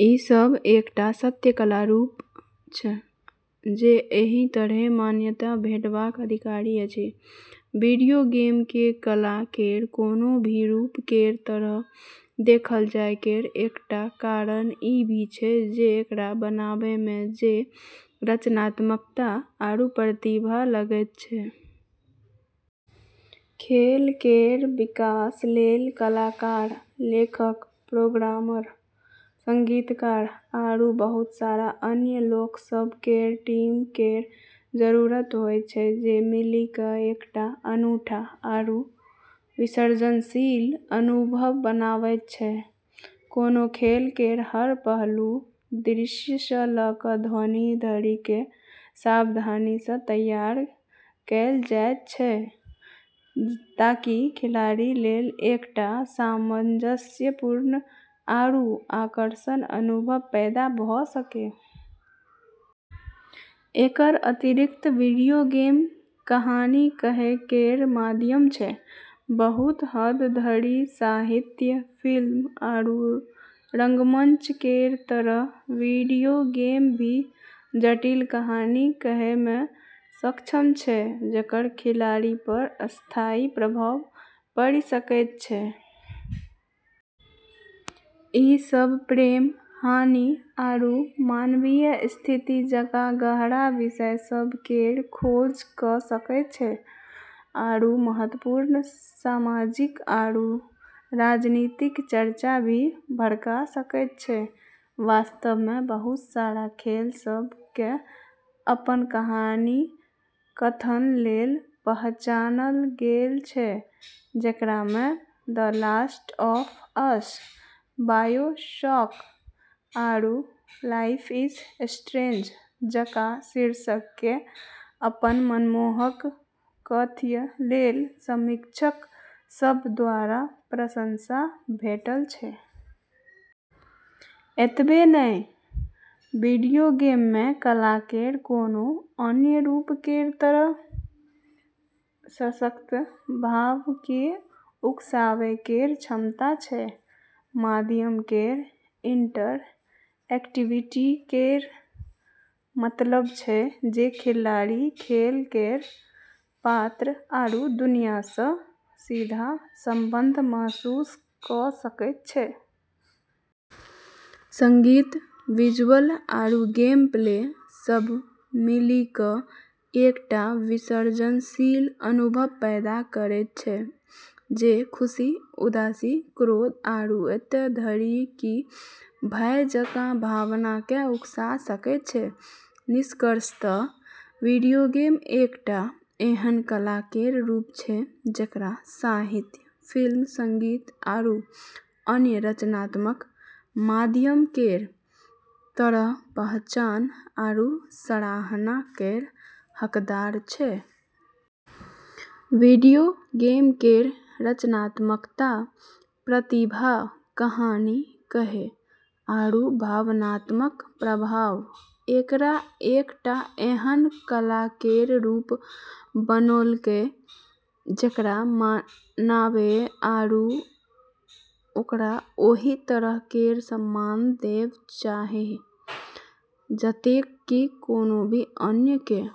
ई सब एकटा सत्य कला रूप अछि जे एहि तरहेँ मान्यता भेटबाक अधिकारी अछि। वीडियो गेम केँ कला केर कोनो भी रूप केर तरह देखल जाए केर एकटा कारण ई भी छै जे एकरा बनाबै मे जे रचनात्मकता आरू प्रतिभा लगैत छै। खेल केर विकास लेल कलाकार, लेखक, प्रोग्रामर, संगीतकार, आरू बहुत सारा अन्य लोक सभ केर टीम केर जरूरत होइत छै जे मिलि कऽ एकटा अनूठा आरू विसर्जनशील अनुभव बनाबैत छै। कोनो खेल केर हर पहलू, दृश्य सँ लऽ कऽ ध्वनि धरि केँ सावधानी सँ तैयार कएल जाइत छै ताकि खिलाड़ी लेल एकटा सामंजस्यपूर्ण आरू आकर्षक अनुभव पैदा भऽ सकै। एकर अतिरिक्त वीडियो गेम कहानी कहै केर माध्यम छै। बहुत हद धरि साहित्य, फिल्म, आरू रंगमंच केर तरह वीडियो गेम भी जटिल कहानी कहै मे सक्षम छै जेकर खिलाड़ी पर स्थायी प्रभाव पड़ि सकैत छै। ई सब प्रेम, हानि, आरू मानवीय स्थिति जकाँ गहरा विषय सभ केर खोज कऽ सकैत छै, आरू महत्वपूर्ण सामाजिक आरू राजनीतिक चर्चा भी भड़का सकैत छै। वास्तव मे, बहुत सारा खेल सभ केँ अपन कहानी कथन लेल पहचानल गेल छै, जेकरा मे "The Last of Us", "BioShock", आरू "लाइफ इज स्ट्रेंज" जकाँ शीर्षक केँ अपन मनमोहक कथ्य लेल समीक्षक सभ द्वारा प्रशंसा भेटल छै। एतबे नहि, वीडियो गेम मे कला केर कोनो अन्य रूप केर तरह सशक्त भाव केँ उकसाबै केर क्षमता छै। माध्यम केर इंटरएक्टिविटी केर मतलब छै जे खिलाड़ी खेल केर पात्र आरू दुनिया सँ सीधा संबंध महसूस कऽ सकैत छै। संगीत, विजुअल, आरू गेमप्ले सब मिलि कऽ एकटा विसर्जनशील अनुभव पैदा करैत छै जे खुशी, उदासी, क्रोध, आरू एतय धरि कि भय जकाँ भावना केँ उकसा सकैत छै। निष्कर्षतः वीडियो गेम एकटा एहन कला केर रूप छै जेकरा साहित्य, फिल्म, संगीत, आरू अन्य रचनात्मक माध्यम केर तरह पहचान आरू सराहना केर हकदार छै। वीडियो गेम केर रचनात्मकता, प्रतिभा, कहानी कहै, आरू भावनात्मक प्रभाव एकरा एकटा एहन कला केर रूप बनौलकै जेकरा मनाबै आरू ओकरा ओहि तरह केर सम्मान देब चाहही जतेक कि कोनो भी अन्य केँ।